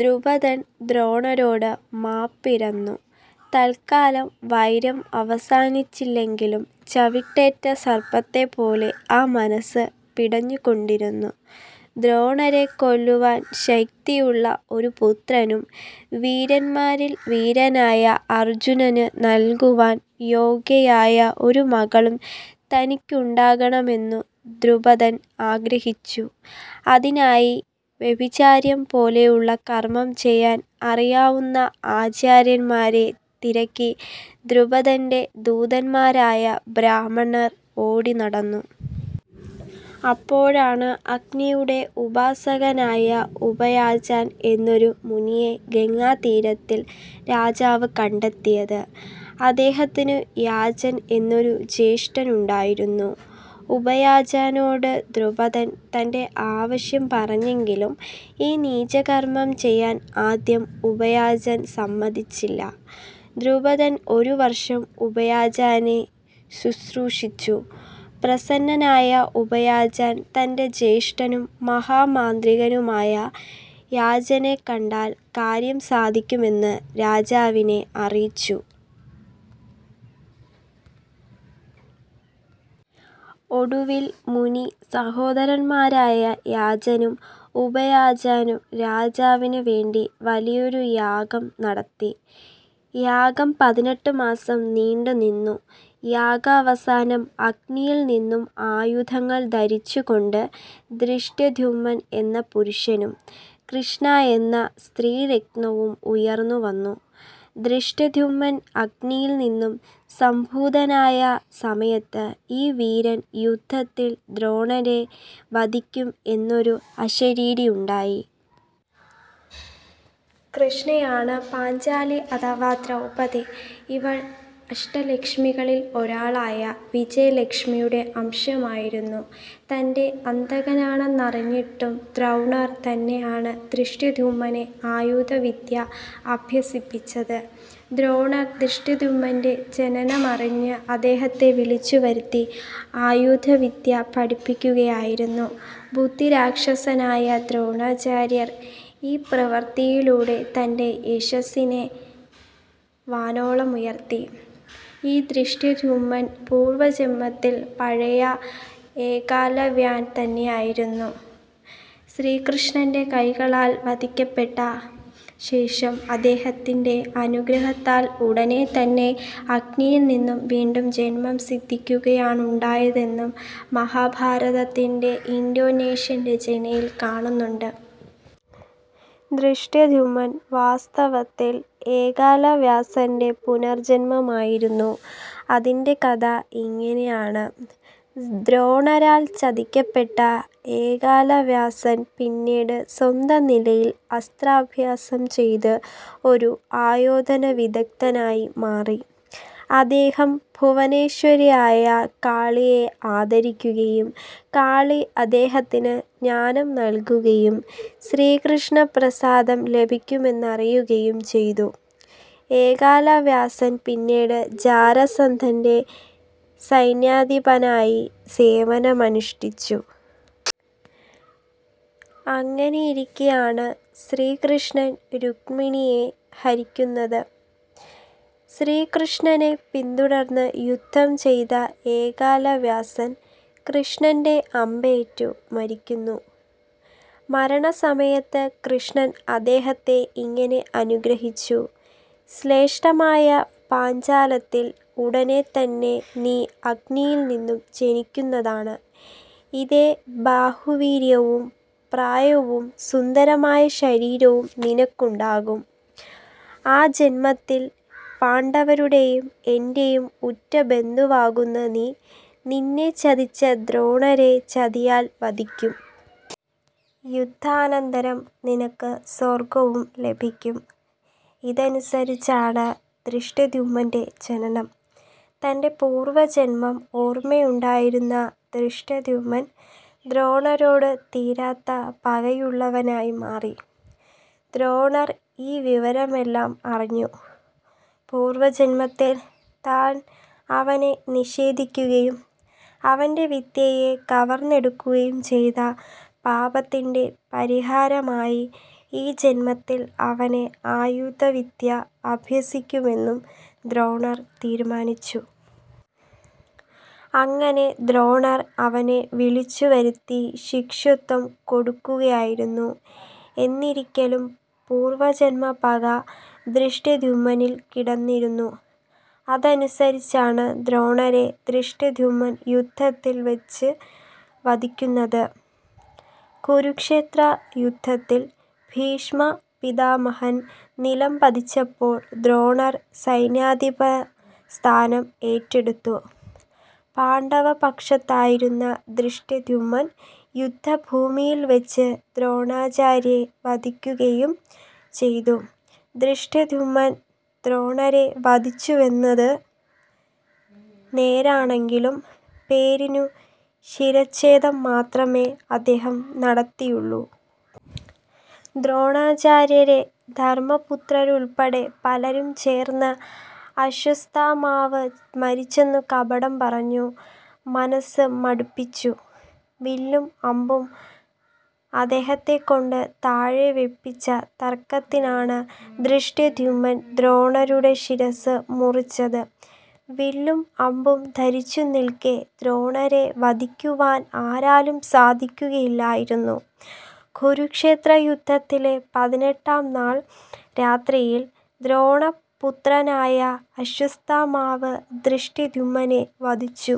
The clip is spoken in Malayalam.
ദ്രുപദൻ ദ്രോണരോട് മാപ്പിരന്നു തൽക്കാലം വൈരം അവസാനിപ്പിച്ചെങ്കിലും ചവിട്ടേറ്റ സർപ്പത്തെപ്പോലെ ആ മനസ്സ് പിടഞ്ഞുകൊണ്ടിരുന്നു. ദ്രോണരെ കൊല്ലുവാൻ ശക്തിയുള്ള ഒരു പുത്രനും വീരന്മാരിൽ വീരനായ അർജുനന് നൽകുവാൻ യോഗ്യയായ ഒരു മകളും തനിക്കുണ്ടാകണമെന്നു ദ്രുപദൻ ആഗ്രഹിച്ചു. അതിനായി ആഭിചാരം പോലെയുള്ള കർമ്മം ചെയ്യാൻ അറിയാവുന്ന ആചാര്യന്മാരെ തിരക്കി ദ്രുപദൻ്റെ ദൂതന്മാരായ ബ്രാഹ്മണർ ഓടിനടന്നു. അപ്പോഴാണ് അഗ്നിയുടെ ഉപാസകനായ ഉപയാജൻ എന്നൊരു മുനിയെ ഗംഗാതീരത്തിൽ രാജാവ് കണ്ടെത്തിയത്. അദ്ദേഹത്തിനു യാജൻ എന്നൊരു ജ്യേഷ്ഠനുണ്ടായിരുന്നു. ഉപയാജനോട് ദ്രുപദൻ തൻ്റെ ആവശ്യം പറഞ്ഞെങ്കിലും ഈ നീചകർമ്മം ചെയ്യാൻ ആദ്യം ഉപയാജൻ സമ്മതിച്ചില്ല. ദ്രുപദൻ ഒരു വർഷം ഉപയാജനെ ശുശ്രൂഷിച്ചു. പ്രസന്നനായ ഉപയാജൻ തൻ്റെ ജ്യേഷ്ഠനും മഹാമാന്ത്രികനുമായ യാജനെ കണ്ടാൽ കാര്യം സാധിക്കുമെന്ന് രാജാവിനെ അറിയിച്ചു. ഒടുവിൽ മുനി സഹോദരന്മാരായ യാജനും ഉപയാജനും രാജാവിന് വേണ്ടി വലിയൊരു യാഗം നടത്തി. യാഗം പതിനെട്ട് മാസം നീണ്ടുനിന്നു. യാഗാവസാനം അഗ്നിയിൽ നിന്നും ആയുധങ്ങൾ ധരിച്ചുകൊണ്ട് ധൃഷ്ടദ്യുമ്നൻ എന്ന പുരുഷനും കൃഷ്ണ എന്ന സ്ത്രീരത്നവും ഉയർന്നുവന്നു. ധൃഷ്ടദ്യുമ്നൻ അഗ്നിയിൽ നിന്നും സംഭൂതനായ സമയത്ത് ഈ വീരൻ യുദ്ധത്തിൽ ദ്രോണരെ വധിക്കും എന്നൊരു അശരീരിയുണ്ടായി. കൃഷ്ണയാണ് പാഞ്ചാലി അഥവാ ദ്രൗപദി. ഇവൾ അഷ്ടലക്ഷ്മികളിൽ ഒരാളായ വിജയലക്ഷ്മിയുടെ അംശമായിരുന്നു. തൻ്റെ അന്തകനാണെന്നറിഞ്ഞിട്ടും ദ്രോണർ തന്നെയാണ് ധൃഷ്ടദ്യുമ്നനെ ആയുധവിദ്യ അഭ്യസിപ്പിച്ചത്. ദ്രോണർ ധൃഷ്ടദ്യുമ്നൻ്റെ ജനനമറിഞ്ഞു അദ്ദേഹത്തെ വിളിച്ചുവരുത്തി ആയുധവിദ്യ പഠിപ്പിക്കുകയായിരുന്നു. ബുദ്ധിരാക്ഷസനായ ദ്രോണാചാര്യർ ഈ പ്രവൃത്തിയിലൂടെ തൻ്റെ യശസ്സിനെ വാനോളം ഉയർത്തി. ഈ ധൃഷ്ടദ്യുമ്നൻ പൂർവജന്മത്തിൽ പഴയ ഏകലവ്യൻ തന്നെയായിരുന്നെന്നും ശ്രീകൃഷ്ണൻ്റെ കൈകളാൽ വധിക്കപ്പെട്ട ശേഷം അദ്ദേഹത്തിൻ്റെ അനുഗ്രഹത്താൽ ഉടനെ തന്നെ അഗ്നിയിൽ നിന്നും വീണ്ടും ജന്മം സിദ്ധിക്കുകയാണുണ്ടായതെന്നും മഹാഭാരതത്തിൻ്റെ ഇന്തോനേഷ്യൻ രചനയിൽ കാണുന്നുണ്ട്. ധൃഷ്ടദ്യുമ്നൻ വാസ്തവത്തിൽ ഏകലവ്യൻ്റെ പുനർജന്മം ആയിരുന്നു. അതിൻ്റെ കഥ ഇങ്ങനെയാണ്. ദ്രോണരാൽ ചതിക്കപ്പെട്ട ഏകലവ്യൻ പിന്നീട് സ്വന്തം നിലയിൽ അസ്ത്രാഭ്യാസം ചെയ്തു ഒരു ആയോധന വിദഗ്ദ്ധനായി മാറി. അദ്ദേഹം ഭുവനേശ്വരിയായ കാളിയെ ആരാധിക്കുകയും കാളി അദ്ദേഹത്തിന് ജ്ഞാനം നൽകുകയും ശ്രീകൃഷ്ണപ്രസാദം ലഭിക്കുമെന്ന് അറിയിക്കുകയും ചെയ്തു. ഏകലവ്യൻ പിന്നീട് ജരാസന്ധൻ്റെ സൈന്യാധിപനായി സേവനമനുഷ്ഠിച്ചു. അങ്ങനെയിരിക്കെയാണ് ശ്രീകൃഷ്ണൻ രുക്മിണിയെ ഹരിക്കുന്നത്. ശ്രീകൃഷ്ണനെ പിന്തുടർന്നു യുദ്ധം ചെയ്ത ഏകലവ്യൻ കൃഷ്ണൻ്റെ അമ്പേറ്റു മരിക്കുന്നു. മരണസമയത്ത് കൃഷ്ണൻ അദ്ദേഹത്തെ ഇങ്ങനെ അനുഗ്രഹിച്ചു. ശ്രേഷ്ഠമായ പാഞ്ചാലത്തിൽ ഉടനെത്തന്നെ നീ അഗ്നിയിൽ നിന്നും ജനിക്കുന്നതാണ്. ഇതേ ബാഹുവീര്യവും പ്രായവും സുന്ദരമായ ശരീരവും നിനക്കുണ്ടാകും. ആ ജന്മത്തിൽ പാണ്ഡവരുടെയും എൻ്റെയും ഉറ്റ ബന്ധുവാകുന്ന നീ നിന്നെ ചതിച്ച ദ്രോണരെ ചതിയാൽ വധിക്കും. യുദ്ധാനന്തരം നിനക്കു സ്വർഗ്ഗവും ലഭിക്കും. ഇതനുസരിച്ചാണ് ധൃഷ്ടദ്യുമ്നൻ്റെ ജനനം. തൻ്റെ പൂർവജന്മം ഓർമ്മയുണ്ടായിരുന്ന ധൃഷ്ടദ്യുമ്നൻ ദ്രോണരോട് തീരാത്ത പകയുള്ളവനായി മാറി. ദ്രോണർ ഈ വിവരമെല്ലാം അറിഞ്ഞു. പൂർവജന്മത്തിൽ താൻ അവനെ നിഷേധിക്കുകയും അവൻ്റെ വിദ്യയെ കവർന്നെടുക്കുകയും ചെയ്ത പാപത്തിൻ്റെ പരിഹാരമായി ഈ ജന്മത്തിൽ അവനെ ആയുധവിദ്യ അഭ്യസിപ്പിക്കുമെന്നു ദ്രോണർ തീരുമാനിച്ചു. അങ്ങനെ ദ്രോണർ അവനെ വിളിച്ചുവരുത്തി ശിഷ്യത്വം കൊടുക്കുകയായിരുന്നു. എന്നിരിക്കിലും പൂർവജന്മ പക ധൃഷ്ടദ്യുമ്നനിൽ കിടന്നിരുന്നു. അതനുസരിച്ചാണ് ദ്രോണരെ ധൃഷ്ടദ്യുമ്നൻ യുദ്ധത്തിൽ വച്ച് വധിക്കുന്നത്. കുരുക്ഷേത്രയുദ്ധത്തിൽ ഭീഷ്മപിതാമഹൻ നിലംപതിച്ചപ്പോൾ ദ്രോണർ സൈന്യാധിപസ്ഥാനം ഏറ്റെടുത്തു. പാണ്ഡവപക്ഷത്തായിരുന്ന ധൃഷ്ടദ്യുമ്നൻ യുദ്ധഭൂമിയിൽവച്ച് ദ്രോണാചാര്യരെ വധിക്കുകയും ചെയ്തു. ധൃഷ്ടദ്യുമ്നൻ ദ്രോണരെ വധിച്ചുവെന്നത് നേരാണെങ്കിലും പേരിനൊരു ശിരച്ഛേദം മാത്രമേ അദ്ദേഹം നടത്തിയുള്ളൂ. ദ്രോണാചാര്യരെ ധർമ്മപുത്രരുൾപ്പെടെ പലരും ചേർന്ന് അശ്വത്ഥാമാവ് മരിച്ചെന്നു കപടം പറഞ്ഞു മനസ്സ് മടുപ്പിച്ചു വില്ലും അമ്പും അദ്ദേഹത്തെക്കൊണ്ട് താഴെ വയ്പിച്ച തക്കത്തിനാണ് ധൃഷ്ടദ്യുമ്നൻ ദ്രോണരുടെ ശിരസ്സ് മുറിച്ചത്. വില്ലും അമ്പും ധരിച്ചു നിൽക്കെ ദ്രോണരെ വധിക്കുവാൻ ആരാലും സാധിക്കുകയില്ലായിരുന്നു. കുരുക്ഷേത്രയുദ്ധത്തിലെ പതിനെട്ടാം നാൾ രാത്രിയിൽ ദ്രോണപുത്രനായ അശ്വത്ഥാമാവ് ധൃഷ്ടദ്യുമ്നനെ വധിച്ചു.